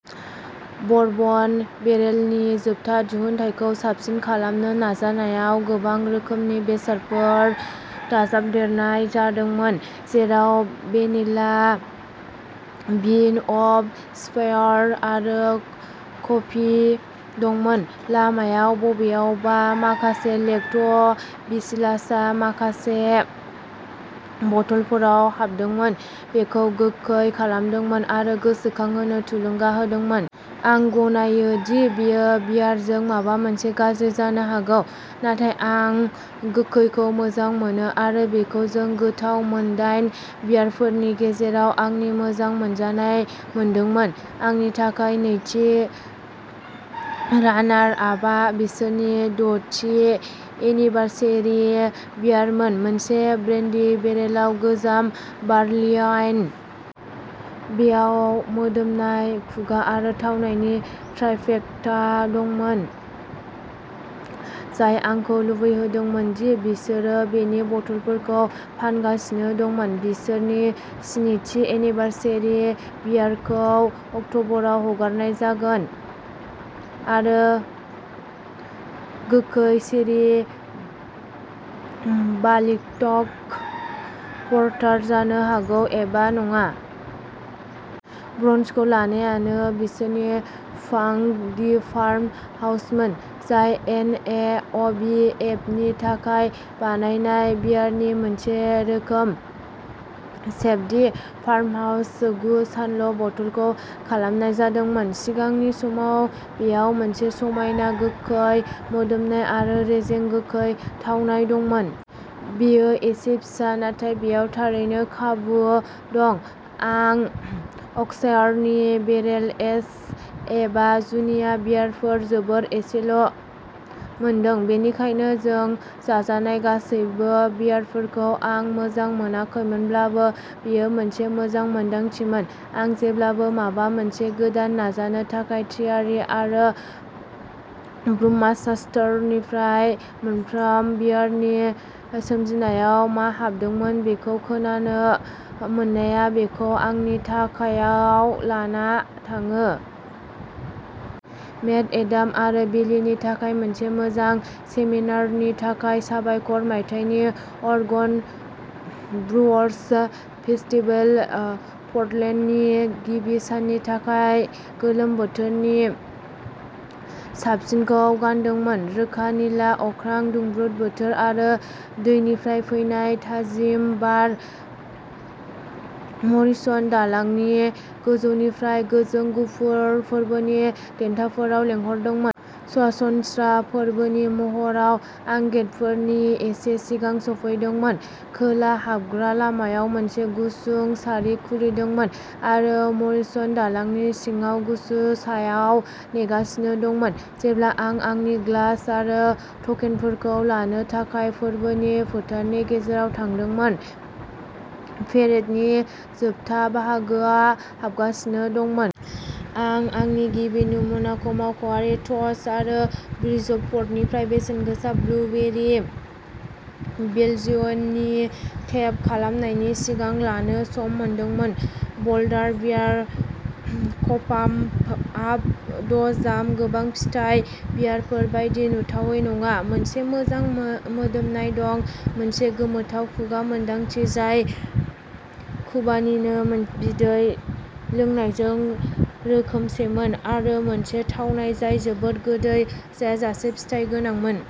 Bourbon बेरेलनि जोबथा दिहुनथायखौ साबसिन खालामनो नाजानायाव गोबां रोखोमनि बेसादफोर दाजाबदेरनाय जादोंमोन, जेराव भेनिला बिन अक स्पायर आरो कफि दंमोन। लामायाव बबेयावबा माखासे लेक्ट' बेसिलासआ माखासे बथलफोराव हाबदोंमोन, बेखौ गोखै खालामदोंमोन आरो गोसोखांहोनो थुलुंगा होदोंमोन। आं गनायो दि बे बियारजों माबा मोनसे गाज्रि जानो हागौ, नाथाय आं गोखैखौ मोजां मोनो आरो बेखौ जों गोथाव मोन दाइन बियारफोरनि गेजेराव आंनि मोजां मोनजानाय मोनदोंमोन। आंनि थाखाय नैथि रानार आपआ बिसोरनि दथि एनिभार्सारि बियारमोन मोनसे ब्रेन्डी बेरेलाव गोजाम बार्लिवाइन। बेयाव मोदोमनाय, खुगा आरो थावनायनि ट्राइफेक्टा दंमोन जाय आंखौ लुबैहोदोंमोन दि बिसोरो बेनि बथलफोरखौ फानगासिनो दंमोन। बिसोरनि स्नि थि एनिभार्सारि बियारखौ अक्टबराव हगारनाय जागोन आरो गोखै चेरी बाल्टिक पर्टार जानो हागौ । एबा नङा। ब्रन्जखौ लानायानो बिसोरनि फांक दि फार्म हाउसमोन, जाय एन ए अ बि एफनि थाखाय बानायनाय बियारनि मोनसे रोखोम, सेभ दि फार्महाउस। गु सानल' बथलखौ खालामनाय जादोंमोन। सिगांनि समाव बेयाव मोनसे समायना गोखै मोदोमनाय आरो रेजें, गोखै थावनाय दंमोन। बेयो एसे फिसा नाथाय बेयाव थारैनो खाबु दं। आं अक्सायारनि बेरेल एज एबा जुनिया बियारफोर जोबोद एसेल' मोनदों बेनिखायनो जों जाजानाय गासैबो बियारफोरखौ आं मोजां मोनाखैमोनब्लाबो बेयो मोनसे मोजां मोन्दांथिमोन। आं जेब्लाबो माबा मोनसे गोदान नाजानो थाखाय थियारि आरो ब्रुमाष्टारनिफ्राय मोनफ्रोम बियारनि सोरजिनायाव मा हाबदोंमोन बेखौ खोनानो मोननाया बेखौ उननि थाखोआव लाना थाङो। मेट, एडाम आरो बेलीनि थाखाय मोनसे मोजां सेमिनारनि थाखाय साबायखर मायथाइनि अरेगन ब्रुअर्स फेस्टिभेल पर्टलेन्डनि गिबि साननि थाखाय गोलोम बोथोरनि साबसिनखौ गानदोंमोन रोखा निला अख्रां, दुंब्रुद बोथोर आरो दैनिफ्राय फैनाय थाजिम बार। मरिसन दालांनि गोजौनिफ्राय गोजों गुफुर फोरबोनि टेन्टफोरा लेंहरदोंमोन। सरासनस्रा फोरबोनि महराव, आं गेटफोरनि एसे सिगां सौफैदोंमोन। खोला हाबग्रा लामायाव मोनसे गुसुं सारि खुलिदोंमोन आरो मरिसन दालांनि सिङाव गुसु सायायाव नेगासिनो दंमोन। जेब्ला आं आंनि ग्लास आरो टकेनफोरखौ लानो थाखाय फोरबोनि फोथारनि गेजेराव थांदोंमोन, पेरेडनि जोबथा बाहागोआ हाबगासिनो दंमोन। आं आंनि गिबि नमुनाखौ मावख'आरि ट'स्ट आरो ब्रिजप'र्टनिफ्राय बेसेनगोसा ब्लुबेरि बेल्जियननि टेप खालामनायनि सिगां लानो सम मोनदोंमोन। ब'ल्डार बियार क'पाम्प आप द जाम गोबां फिथाइ बियारफोर बायदि नुथावै नङा, मोनसे मोजां मोदोमनाय दंमोन, मोनसे गोमोथाव खुगा मोनदांथि जाय खुबानीनि बिदै लोंनायजों रोखोमसेमोन आरो मोनसे थावनाय जाय जोबोद गोदै जायाजासे फिथाइ गोनांमोन।